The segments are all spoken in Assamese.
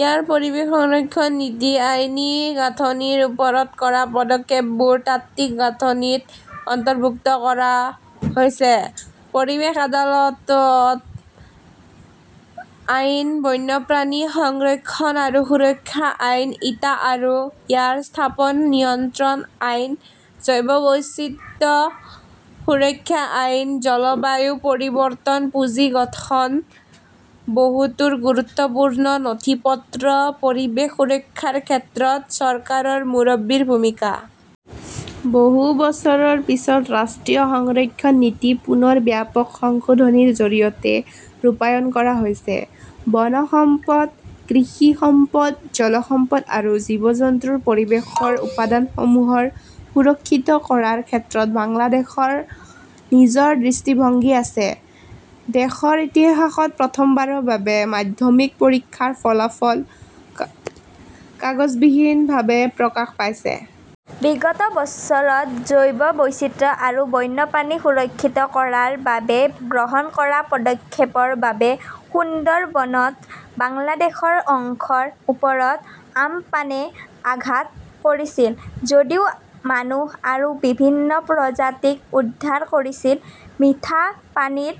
ইয়াৰ পৰিৱেশ সংৰক্ষণ নীতি, আইনী গাঁথনিৰ ওপৰত কৰা পদক্ষেপবোৰ তাত্ত্বিক গাঁথনিত অন্তৰ্ভুক্ত কৰা হৈছে। পৰিৱেশ আদালত আইন বন্যপ্ৰাণী সংৰক্ষণ আৰু সুৰক্ষা আইন ইটা আৰু ইয়াৰ স্থাপন নিয়ন্ত্ৰণ আইন জৈৱ বৈচিত্ৰ্য সুৰক্ষা আইন, জলবায়ু পৰিৱৰ্তন পুঁজি গঠন, বহুতোৰ গুৰুত্বপূৰ্ণ নথিপত্ৰ-পৰিৱেশ সুৰক্ষাৰ ক্ষেত্ৰত চৰকাৰৰ মুৰব্বীৰ ভূমিকা। বহু বছৰৰ পিছত ৰাষ্ট্ৰীয় সংৰক্ষণ নীতি পুনৰ ব্যাপক সংশোধনীৰ জৰিয়তে ৰূপায়ণ কৰা হৈছে। বন সম্পদ, কৃষি সম্পদ, জল সম্পদ আৰু জীৱ-জন্তুৰ পৰিৱেশৰ উপাদানসমূহৰ সুৰক্ষিত কৰাৰ ক্ষেত্ৰত বাংলাদেশৰ নিজৰ দৃষ্টিভংগী আছে। দেশৰ ইতিহাসত প্ৰথমবাৰৰ বাবে মাধ্যমিক পৰীক্ষাৰ ফলাফল কাগজবিহীনভাৱে প্ৰকাশ পাইছে। বিগত বছৰত জৈৱ বৈচিত্ৰ্য আৰু বন্যপ্ৰাণী সুৰক্ষিত কৰাৰ বাবে গ্ৰহণ কৰা পদক্ষেপৰ বাবে সুন্দৰবনত বাংলাদেশৰ অংশৰ ওপৰত আম্পানে আঘাত কৰিছিল যদিও মানুহ আৰু বিভিন্ন প্ৰজাতিক উদ্ধাৰ কৰিছিল। মিঠা পানীৰ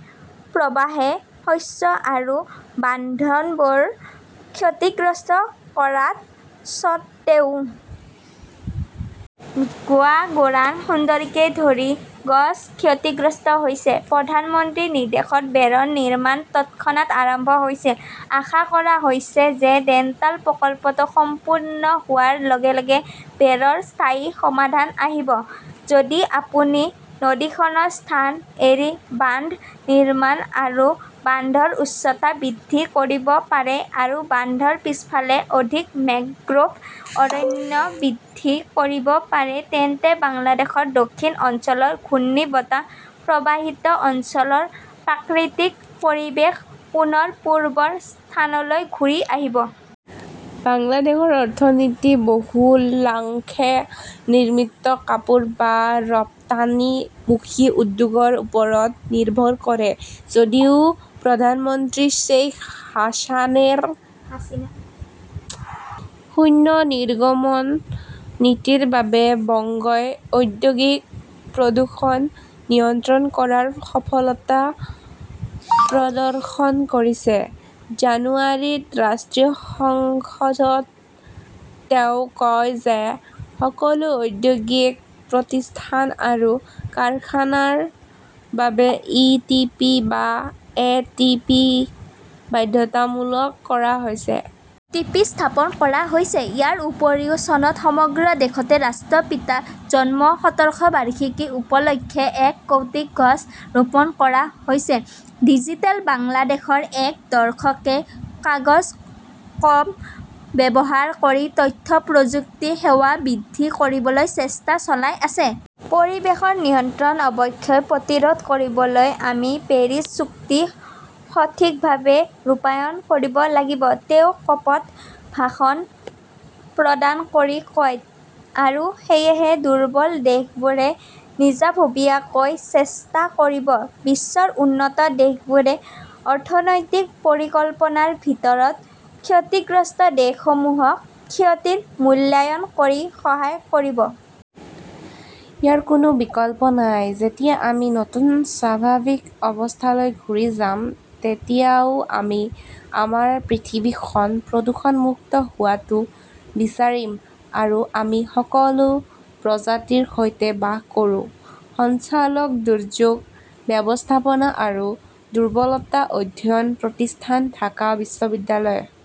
প্ৰৱাহে শস্য আৰু বান্ধবোৰ ক্ষতিগ্ৰস্ত কৰাৰ স্বত্ত্বেও। গেৱা, গোৰান, সুন্দৰীকে ধৰি গছ ক্ষতিগ্ৰস্ত হৈছে। প্ৰধানমন্ত্ৰীৰ নিৰ্দেশত বেৰৰ নিৰ্মাণ তৎক্ষণাত আৰম্ভ হৈছিল। আশা কৰা হৈছে যে ডেল্টা প্ৰকল্পটো সম্পূৰ্ণ হোৱাৰ লগে লগে বেৰৰ স্থায়ী সমাধান আহিব। যদি আপুনি নদীখনৰ স্থান এৰি বান্ধ নিৰ্মাণ আৰু বান্ধৰ উচ্চতা বৃদ্ধি কৰিব পাৰে আৰু বান্ধৰ পিছফালে অধিক মেংগ্ৰোভ অৰণ্য বৃদ্ধি কৰিব পাৰে, তেন্তে বাংলাদেশৰ দক্ষিণ অঞ্চলৰ ঘূৰ্ণীবতাহ প্ৰভাৱিত অঞ্চলৰ প্ৰাকৃতিক পৰিৱেশ পুনৰ পূবৰ স্থানলৈ ঘূৰি আহিব। বাংলাদেশৰ অৰ্থনীতি বহুলাংশে নিৰ্মিত কাপোৰ বা ৰপ্তানি মুখী উদ্যোগৰ ওপৰত নিৰ্ভৰ কৰে যদিও প্ৰধানমন্ত্ৰী শ্বেইখ হাছানেৰ শূন্য নিৰ্গমন নীতিৰ বাবে বংগই ঔদ্যোগিক প্ৰদূষণ নিয়ন্ত্ৰণ কৰাত সফলতা প্ৰদৰ্শন কৰিছে। জানুৱাৰীত ৰাষ্ট্ৰীয় সংসদত তেওঁ কয় যে সকলো ঔদ্যোগিক প্ৰতিষ্ঠান আৰু কাৰখানাৰ বাবে ই টি পি বা এ টি পি বাধ্যতামূলক কৰা হৈছে। টি পি স্থাপন কৰা হৈছে। ইয়াৰ উপৰিও চনত সমগ্ৰ দেশতে ৰাষ্ট্ৰপিতাৰ জন্ম শতবাৰ্ষিকী উপলক্ষে এক কোটি গছ ৰোপণ কৰা হৈছে। ডিজিটেল বাংলাদেশৰ এই দৰ্শকে কাগজ কম ব্যৱহাৰ কৰি তথ্য প্ৰযুক্তি সেৱা বৃদ্ধি কৰিবলৈ চেষ্টা চলাই আছে। "পৰিৱেশত নিৰন্তৰ অৱক্ষয় প্ৰতিৰোধ কৰিবলৈ আমি পেৰিছ চুক্তি সঠিকভাৱে ৰূপায়ণ কৰিব লাগিব", তেওঁ ক’প ত ভাষণ প্ৰদান কৰি কয়। আৰু সেয়েহে দুৰ্বল দেশবোৰে নিজাববীয়াকৈ চেষ্টা কৰিব; বিশ্বৰ উন্নত দেশবোৰে অৰ্থনৈতিক পৰিকল্পনাৰ ভিতৰত ক্ষতিগ্ৰস্ত দেশসমূহক ক্ষতিৰ মূল্যায়ন কৰি সহায় কৰিব। ইয়াৰ কোনো বিকল্প নাই। যেতিয়া আমি নতুন স্বাভাৱিক অৱস্থালৈ ঘূৰি যাম, তেতিয়াও আমি আমাৰ পৃথিৱীখন প্ৰদূষণমুক্ত হোৱাটো বিচাৰিম আৰু আমি সকলো প্ৰজাতিৰ সৈতে বাস কৰোঁ। সঞ্চালক, দুৰ্যোগ ব্যৱস্থাপনা আৰু দুৰ্বলতা অধ্যয়ন প্ৰতিষ্ঠান, ঢাকা বিশ্ববিদ্যালয়।